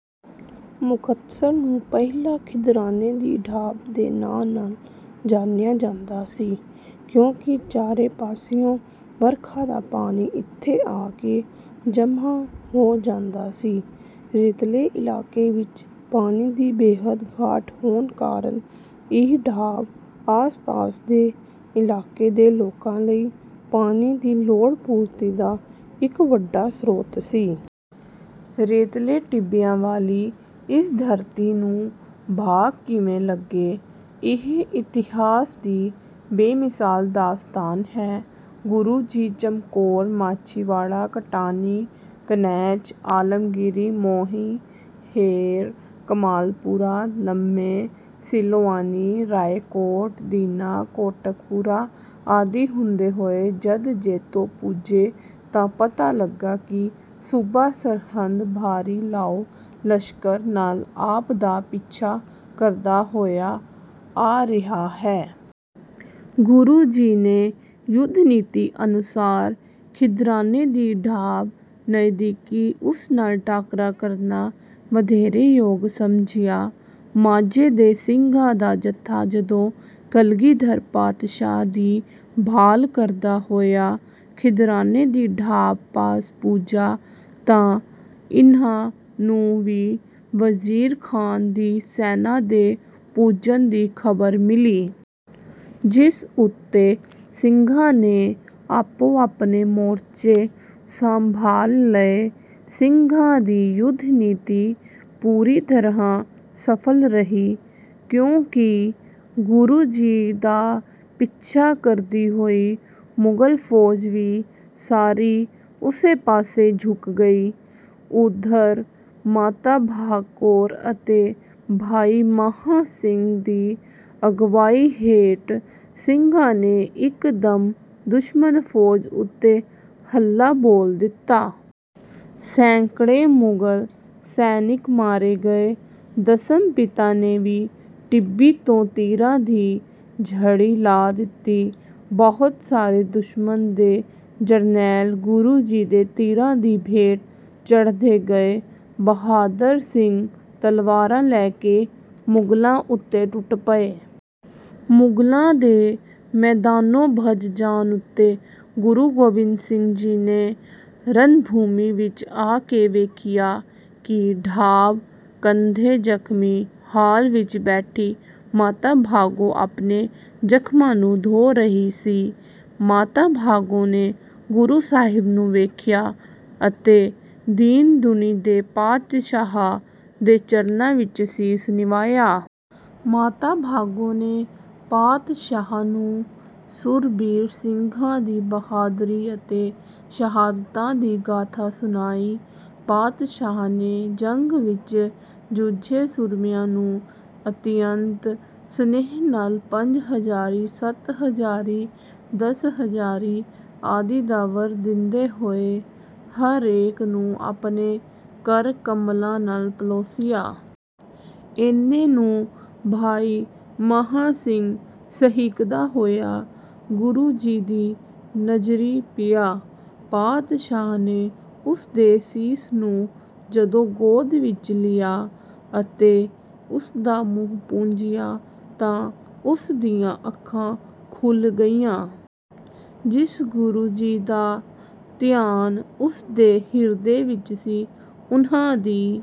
ਮੁਕਤਸਰ ਨੂੰ ਪਹਿਲਾਂ ਖਿਦਰਾਣੇ ਦੀ ਢਾਬ ਦੇ ਨਾਂ ਨਾਲ ਜਾਣਿਆ ਜਾਂਦਾ ਸੀ। ਕਿਉਂਕਿ ਚਾਰੇ ਪਾਸਿਓਂ ਵਰਖਾ ਦਾ ਪਾਣੀ ਇੱਥੇ ਆ ਕੇ ਜਮ੍ਹਾਂ ਹੋ ਜਾਂਦਾ ਸੀ। ਰੇਤਲੇ ਇਲਾਕੇ ਵਿੱਚ ਪਾਣੀ ਦੀ ਬੇਹੱਦ ਘਾਟ ਹੋਣ ਕਾਰਨ ਇਹ ਢਾਬ, ਆਸ-ਪਾਸ ਦੇ ਇਲਾਕੇ ਦੇ ਲੋਕਾਂ ਲਈ ਪਾਣੀ ਦੀ ਲੋੜ-ਪੂਰਤੀ ਦਾ ਇੱਕ ਵੱਡਾ ਸਰੋਤ ਸੀ। ਰੇਤਲੇ ਟਿੱਬਿਆਂ ਵਾਲੀ ਇਸ ਧਰਤੀ ਨੂੰ ਭਾਗ ਕਿਵੇਂ ਲੱਗੇ, ਇਹ ਇਤਿਹਾਸ ਦੀ ਬੇਮਿਸਾਲ ਦਾਸਤਾਨ ਹੈ। ਗੁਰੂ ਜੀ ਚਮਕੌਰ, ਮਾਛੀਵਾੜਾ, ਕਟਾਣੀ, ਕਨੇਚ, ਆਲਮਗੀਰ, ਮੋਹੀ, ਹੇਰ, ਕਮਾਲਪੁਰਾ, ਲੰਮੇ, ਸੀਲੋਆਣੀ, ਰਾਇਕੋਟ, ਦੀਨਾ, ਕੋਟਕਪੂਰਾ ਆਦਿ ਹੁੰਦੇ ਹੋਏ ਜਦ ਜੈਤੋ ਪੁੱਜੇ, ਤਾਂ ਪਤਾ ਲੱਗਾ ਕਿ ਸੂਬਾ ਸਰਹਿੰਦ ਭਾਰੀ ਲਾਓ-ਲਸ਼ਕਰ ਨਾਲ ਆਪ ਦਾ ਪਿੱਛਾ ਕਰਦਾ ਹੋਇਆ ਆ ਰਿਹਾ ਹੈ। ਗੁਰੂ ਜੀ ਨੇ ਯੁੱਧ ਨੀਤੀ ਅਨੁਸਾਰ ਖਿਦਰਾਣੇ ਦੀ ਢਾਬ ਨਜ਼ਦੀਕ ਉਸ ਨਾਲ ਟਾਕਰਾ ਕਰਨਾ ਵਧੇਰੇ ਯੋਗ ਸਮਝਿਆ। ਮਾਝੇ ਦੇ ਸਿੰਘਾਂ ਦਾ ਜਥਾ ਜਦੋਂ ਕਲਗੀਧਰ ਪਾਤਸ਼ਾਹ ਦੀ ਭਾਲ ਕਰਦਾ ਹੋਇਆ ਖਿਦਰਾਣੇ ਦੀ ਢਾਬ ਪਾਸ ਪੁੱਜਾ, ਤਾਂ ਇਨ੍ਹਾਂ ਨੂੰ ਵੀ ਵਜ਼ੀਰ ਖਾਨ ਦੀ ਸੈਨਾ ਦੇ ਪੁੱਜਣ ਦੀ ਖ਼ਬਰ ਮਿਲੀ। ਜਿਸ ਉੱਤੇ ਸਿੰਘਾਂ ਨੇ ਆਪੋ-ਆਪਣੇ ਮੋਰਚੇ ਸੰਭਾਲ ਲਏ। ਸਿੰਘਾਂ ਦੀ ਯੁੱਧ ਨੀਤੀ ਪੂਰੀ ਤਰ੍ਹਾਂ ਸਫਲ ਰਹੀ, ਕਿਉਂਕਿ ਗੁਰੂ ਜੀ ਦਾ ਪਿੱਛਾ ਕਰਦੀ ਹੋਈ ਮੁਗ਼ਲ ਫ਼ੌਜ ਵੀ ਸਾਰੀ ਉਸੇ ਪਾਸੇ ਝੁਕ ਗਈ। ਉੱਧਰ ਮਾਤਾ ਭਾਗ ਕੌਰ ਅਤੇ ਭਾਈ ਮਹਾਂ ਸਿੰਘ ਦੀ ਅਗਵਾਈ ਹੇਠ ਸਿੰਘਾਂ ਨੇ ਇੱਕ ਦਮ ਦੁਸ਼ਮਣ ਫ਼ੌਜ ਉੱਤੇ ਹੱਲਾ ਬੋਲ ਦਿੱਤਾ। ਸੈਂਕੜੇ ਮੁਗਲ ਸੈਨਿਕ ਮਾਰੇ ਗਏ। ਦਸਮ ਪਿਤਾ ਨੇ ਵੀ ਟਿੱਬੀ ਤੋਂ ਤੀਰਾਂ ਦੀ ਝੜੀ ਲਾ ਦਿੱਤੀ। ਬਹੁਤ ਸਾਰੇ ਦੁਸ਼ਮਣ ਦੇ ਜਰਨੈਲ ਗੁਰੂ ਜੀ ਦੇ ਤੀਰਾਂ ਦੀ ਭੇਟ ਚੜ੍ਹਦੇ ਗਏ। ਬਹਾਦਰ ਸਿੰਘ ਤਲਵਾਰਾਂ ਲੈ ਕੇ ਮੁਗ਼ਲਾਂ ਉੱਤੇ ਟੁੱਟ ਪਏ। ਮੁਗ਼ਲਾਂ ਦੇ ਮੈਦਾਨੋਂ ਭੱਜ ਜਾਣ ਉੱਤੇ ਗੁਰੂ ਗੋਬਿੰਦ ਸਿੰਘ ਜੀ ਨੇ ਰਣਭੂਮੀ ਵਿੱਚ ਆ ਕੇ ਵੇਖਿਆ, ਕਿ ਢਾਬ ਕੰਢੇ ਜ਼ਖਮੀ ਹਾਲ ਵਿੱਚ ਬੈਠੀ ਮਾਤਾ ਭਾਗੋ ਆਪਣੇ ਜ਼ਖਮਾਂ ਨੂੰ ਧੋ ਰਹੀ ਸੀ। ਮਾਤਾ ਭਾਗੋ ਨੇ ਗੁਰੂ ਸਾਹਿਬ ਨੂੰ ਵੇਖਿਆ, ਅਤੇ ਦੀਨ ਦੁਨੀ ਦੇ ਪਾਤਸ਼ਾਹ ਦੇ ਚਰਨਾਂ ਵਿੱਚ ਸੀਸ ਨਿਵਾਇਆ। ਮਾਤਾ ਭਾਗੋ ਨੇ ਪਾਤਸ਼ਾਹ ਨੂੰ ਸੂਰਬੀਰ ਸਿੰਘਾਂ ਦੀ ਬਹਾਦਰੀ ਅਤੇ ਸ਼ਹਾਦਤਾਂ ਦੀ ਗਾਥਾ ਸੁਣਾਈ। ਪਾਤਸ਼ਾਹ ਨੇ ਜੰਗ ਵਿੱਚ ਜੂਝੇ ਸੂਰਮਿਆਂ ਨੂੰ ਅਤਿਅੰਤ ਸਨੇਹ ਨਾਲ ਪੰਜ ਹਜ਼ਾਰੀ, ਸੱਤ ਹਜ਼ਾਰੀ, ਦਸ ਹਜ਼ਾਰੀ ਆਦਿ ਦਾ ਵਰ ਦਿੰਦੇ ਹੋਏ, ਹਰੇਕ ਨੂੰ ਆਪਣੇ ਕਰ ਕਮਲਾਂ ਨਾਲ ਪਲੋਸਿਆ। ਏਨੇ ਨੂੰ ਭਾਈ ਮਹਾਂ ਸਿੰਘ ਸਹਿਕਦਾ ਹੋਇਆ ਗੁਰੂ ਜੀ ਦੀ ਨਜ਼ਰੀਂ ਪਿਆ। ਪਾਤਸ਼ਾਹ ਨੇ ਉਸ ਦੇ ਸੀਸ ਨੂੰ ਜਦੋਂ ਗੋਦ ਵਿੱਚ ਲਿਆ, ਅਤੇ ਉਸ ਦਾ ਮੂੰਹ ਪੂੰਝਿਆ, ਤਾਂ ਉਸ ਦੀਆਂ ਅੱਖਾਂ ਖੁੱਲ੍ਹ ਗਈਆਂ। ਜਿਸ ਗੁਰੂ ਜੀ ਦਾ ਧਿਆਨ ਉਸ ਦੇ ਹਿਰਦੇ ਵਿੱਚ ਸੀ, ਉਨ੍ਹਾਂ ਦੀ